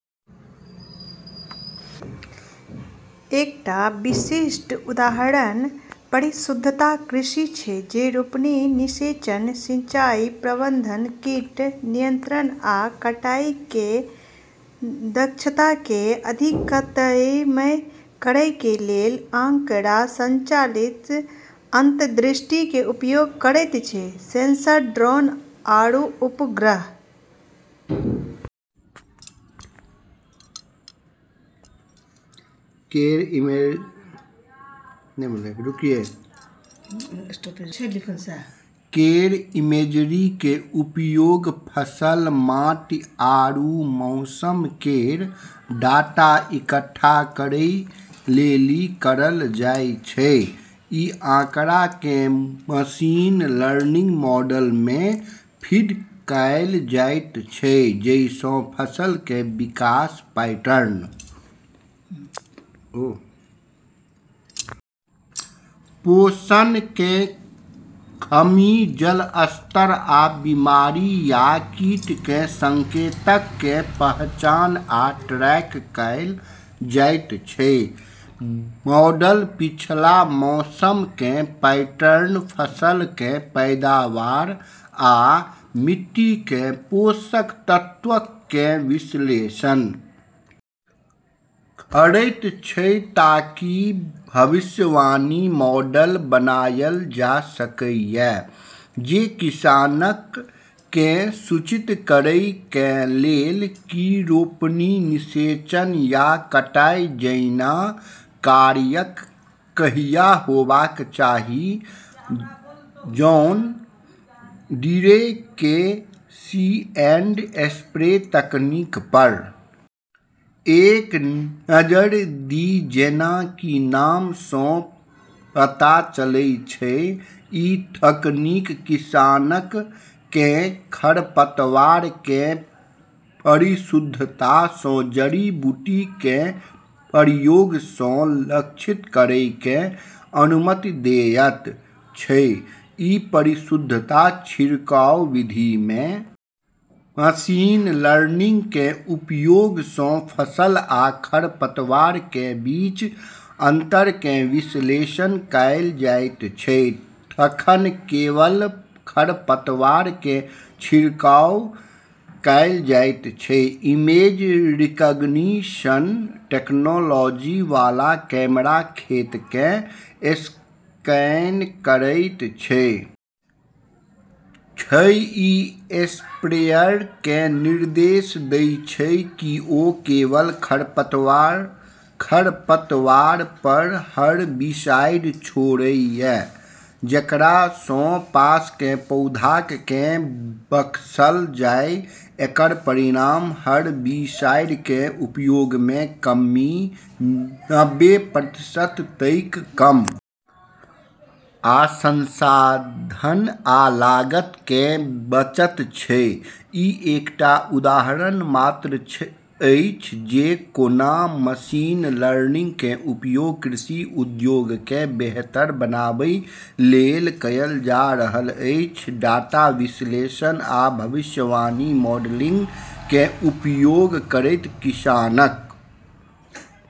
एकटा विशिष्ट उदाहरण परिशुद्धता कृषि छै जे रोपनी, निषेचन, सिंचाई प्रबंधन, कीट नियंत्रण आ कटाई कें दक्षता कें अधिकतम करय कें लेल आंकड़ा संचालित अंतर्दृष्टि कें उपयोग करयत छै, सेंसर, ड्रोन आरू उपग्रह केरऽ इमेजरी के उपयोग फसल, माटी आरू मौसम केरऽ डाटा इकट्ठा करै लेली करलऽ जाय छै, इ आंकड़ा कें मशीन लर्निंग मॉडल मे फीड कैल जायत छै, जइ सं फसल कें विकास पैटर्न, पोषण कें कमी, जल स्तर, आ बीमारी या कीट कें संकेतक कें पहचान आ ट्रैक कैल जायत छै, मॉडल पिछला मौसम कें पैटर्न, फसल कें पैदावार आ मिट्टी कें पोषक तत्वक कें विश्लेषण करयत छै ताकि भविष्यवाणी मॉडल बनायल जा सकय जे किसानक कें सूचित करय कें लेल की रोपनी, निषेचन या कटाई जैना कार्यक कहिया होबाक चाही, जॉन डीरे के सी एंड स्प्रे तकनीक पर एक नजरि दी जेना कि नाम सं पता चलय छै, इ तकनीक किसानक कें खरपतवार कें परिशुद्धता सं जड़ी-बूटी कें प्रयोग सं लक्षित करय कें अनुमति देयत छै, इ परिशुद्धता छिड़काव विधि मे मशीन लर्निंग कें उपयोग सं फसल आ खरपतवार कें बीच अंतर कें विश्लेषण कैल जायत छै तखन केवल खरपतवार कें छिड़काव कैल जायत छै, इमेज-रिकग्निशन टेक्नोलॉजी वाला कैमरा खेत कें स्कैन करयत छै, छै, इ स्प्रेयर कें निर्देश दै छै कि ओ केवल खरपतवार पर हरबिसाइड छोड़य, जेकरा सं पास कें पौधाक कें बख्शल जाय, एकर परिणाम हरबिसाइड कें उपयोग मे कमी नब्बे प्रतिशत तइक कम आ संसाधन आ लागत कें बचत छै, ई एकटा उदाहरण मात्र अछि जे कोना मशीन लर्निंग के उपयोग कृषि उद्योग के बेहतर बनाबय लेल कएल जा रहल अछि, डाटा विश्लेषण आ भविष्यवाणी मॉडलिंग कें उपयोग करयत किसानक बेसि सूचित निर्णय लेवा, संसाधनक कें संरक्षण, फसल कें पैदावार मे वृद्धि आ लागत मे कमी करय मे सक्षम छै।